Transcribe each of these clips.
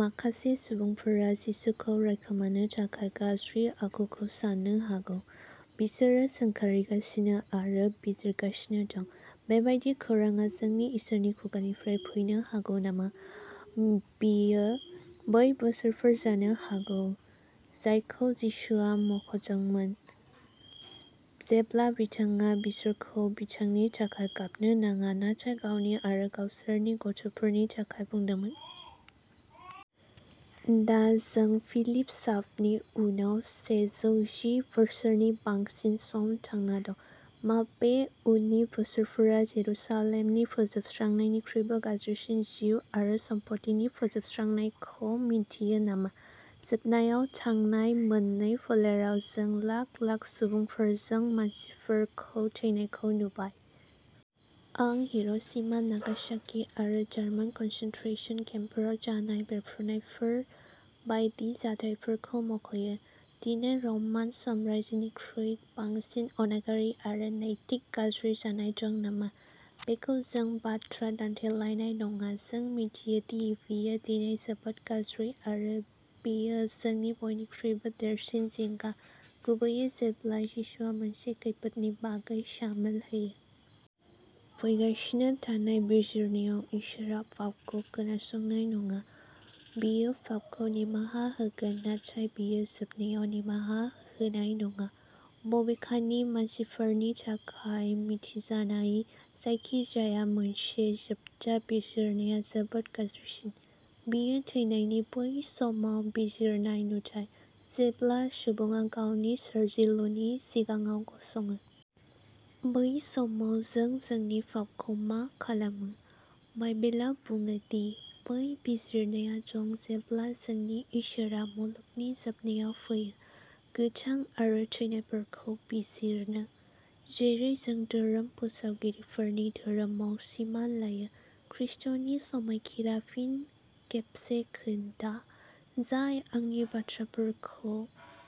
माखासे सुबुंफोरा जिसुखौ रायखुमानो थाखाय गाज्रि आखुखौ साननो हागौ। बिसोरो सोंखारिगासिनो आरो बिजिरगासिनो दं। बेबादि खौरांआ जोंनि इसोरनि खुगानिफ्राय फैनो हागौ नामा? बेयो बै बोसोरफोर जानो हागौ जायखौ जिसुआ मख’दोंमोन जेब्ला बिथाङा बिसोरखौ बिथांनि थाखाय गाबनो नाङा, नाथाय गावसोरनि आरो गावसोरनि गथ'फोरनि थाखाय बुंदोंमोन। दा जों फिलिप साफनि उनाव सेजौ जि बोसोरनि बांसिन सम थांना दं। मा बे उननि बोसोरफोरा जेरुसालेमनि फोजोबस्रांनायनिख्रुइबो गाज्रिसिन जिउ आरो सम्पथिनि फोजोबस्रांनायखौ मिथियो नामा? जोबनायाव, थांनाय मोननै फोलेराव जों लाख-लाख सुबुंफोरजों मानसिफोरखौ थैनायखौ नुबाय। आं हिर'शिमा, नागासाकि आरो जार्मान कनसेनट्रेसन केम्पफोराव जानाय बेरफ्रुनायफोर बायदि जाथायफोरखौ मुंख'यो। दिनै रमान साम्रायजोनिख्रुइ बांसिन अनागारि आरो नैतिक गाज्रि जानाय दं नामा बेखौ जों बाथ्रा दानथेलायनाय नङा। जों मिथियो दि बेयो दिनै जोबोद गाज्रि, आरो बेयो जोंनि बयनिख्रुइबो देरसिन जिंगा, गुबैयै जेब्ला जिसुआ मोनसे खैफोदनि बागै सामोल होयो। फैगासिनो थानाय बिजिरनायाव इसोरआ फाफखौ खोनासंनाय नङा। बियो फाफखौ निमाहा होगोन, नाथाय बियो जोबनायाव निमाहा होनाय नङा। बबेखानि, मानसिफोरनि थाखाय मिथिजानाय जायखिजाया मोनसे जोबथा बिजिरनाया जोबोद गाज्रिसिन। बेयो थैनायनि बै समाव बिजिरनाय नुथाय जेब्ला सुबुङा गावनि सोरजिलुनि सिगाङाव गसङो। बै समाव जों जोंनि फाफखौ मा खालामो? बाइबेला बुङो दि बै बिजिरनाया दं जेब्ला जोंनि इसोरआ मुलुगनि जोबनायाव फैयो "गोथां आरो थैनायफोरखौ बिजिरनो", जेरै जों धोरोम फोसावगिरिफोरनि धोरोमाव सिमान लायो। ख्रिस्ट’नि समायखिरा फिन खेबसे खोनथा, "जाय आंनि बाथ्राफोरखौ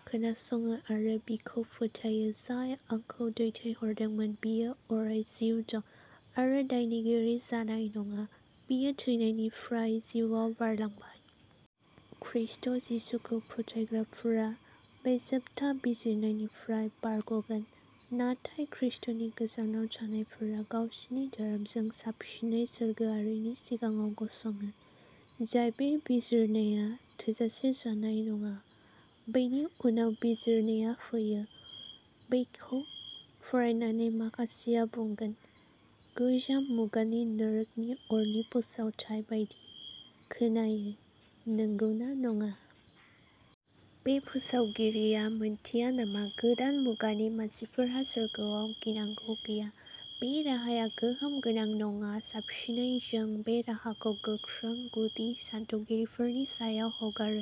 खोनासङो आरो बिखौ फोथायो जाय आंखौ दैथायहरदोंमोन बियो अराय जिउ दं, आरो दायनिगिरि जानाय नङा बियो थैनायनिफ्राय जिउआव बारलांबाय। ख्रिस्ट’ जिसुखौ फोथायग्राफोरा बे जोबथा बिजिरनायनिफ्राय बारग'गोन। नाथाय ख्रिस्ट’नि गोजानाव थानायफोरा गावसिनि धोरोमजों साबसिनै सोरगोआरिनि सिगाङाव गसङो, जाय बे बिजिरनाया थोजासे जानाय नङा। बेनि उनाव बिजिरनाया फैयो। बेखौ फरायनानै, माखासेया बुंगोन, गोजाम मुगानि, नोरोखनि अरनि फोसावथाय बायदि खोनायो, नोंगौना नङा? बे फोसावगिरिया मिथिया नामा गोदान मुगानि मानसिफोरहा सोरगोआव गिनांगौ गैया? बे राहाया गोहोम गोनां नङा। साबसिनै जों बे राहाखौ गोख्रों गुदि सानथौगिरिफोरनि सायाव हगारो,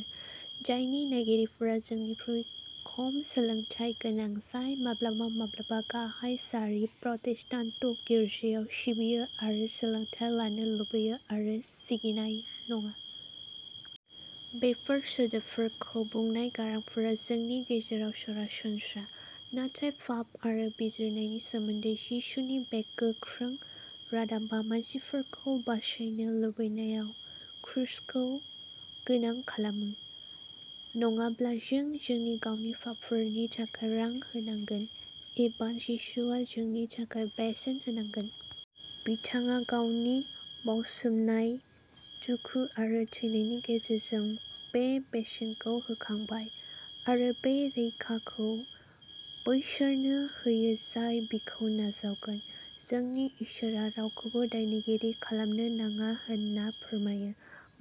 जायनि नायगिरिफोरा जोंनिख्रुइ खम सोलोंथाय गोनां, जाय माब्लाबा-माब्लाबा गाहाय सारि प्रटेस्टान्ट गिरजायाव सिबियो आरो सोलोंथाय लानो लुबैयो आरो सिगिनाय नङा। बेफोर सोदोबफोरखौ बुंनाय गारांफोरा जोंनि गेजेराव सरासनस्रा, नाथाय फाफ आरो बिजिरनायनि सोमोन्दै जिसुनि बे गोख्रों रादाबा मानसिफोरखौ बासायनो लुबैनायाव क्रुसखौ गोनां खालामो। नङाब्ला जों जोंनि गावनि फाफफोरनि थाखाय रां होनांगोन, एबा जिसुआ जोंनि थाखाय बेसेन होनांगोन। बिथाङा गावनि बावसोमनाय दुखु आरो थैनायनि गेजेरजों बे बेसेनखौ होखांबाय, आरो बे रैखाखौ बैसोरनो होयो जाय बिखौ नाजावगोन। जोंनि इसोरआ रावखौबो दायनिगिरि खालामनो नाङा होनना फोरमायो।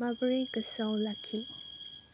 माबोरै गोसोआव लाखि।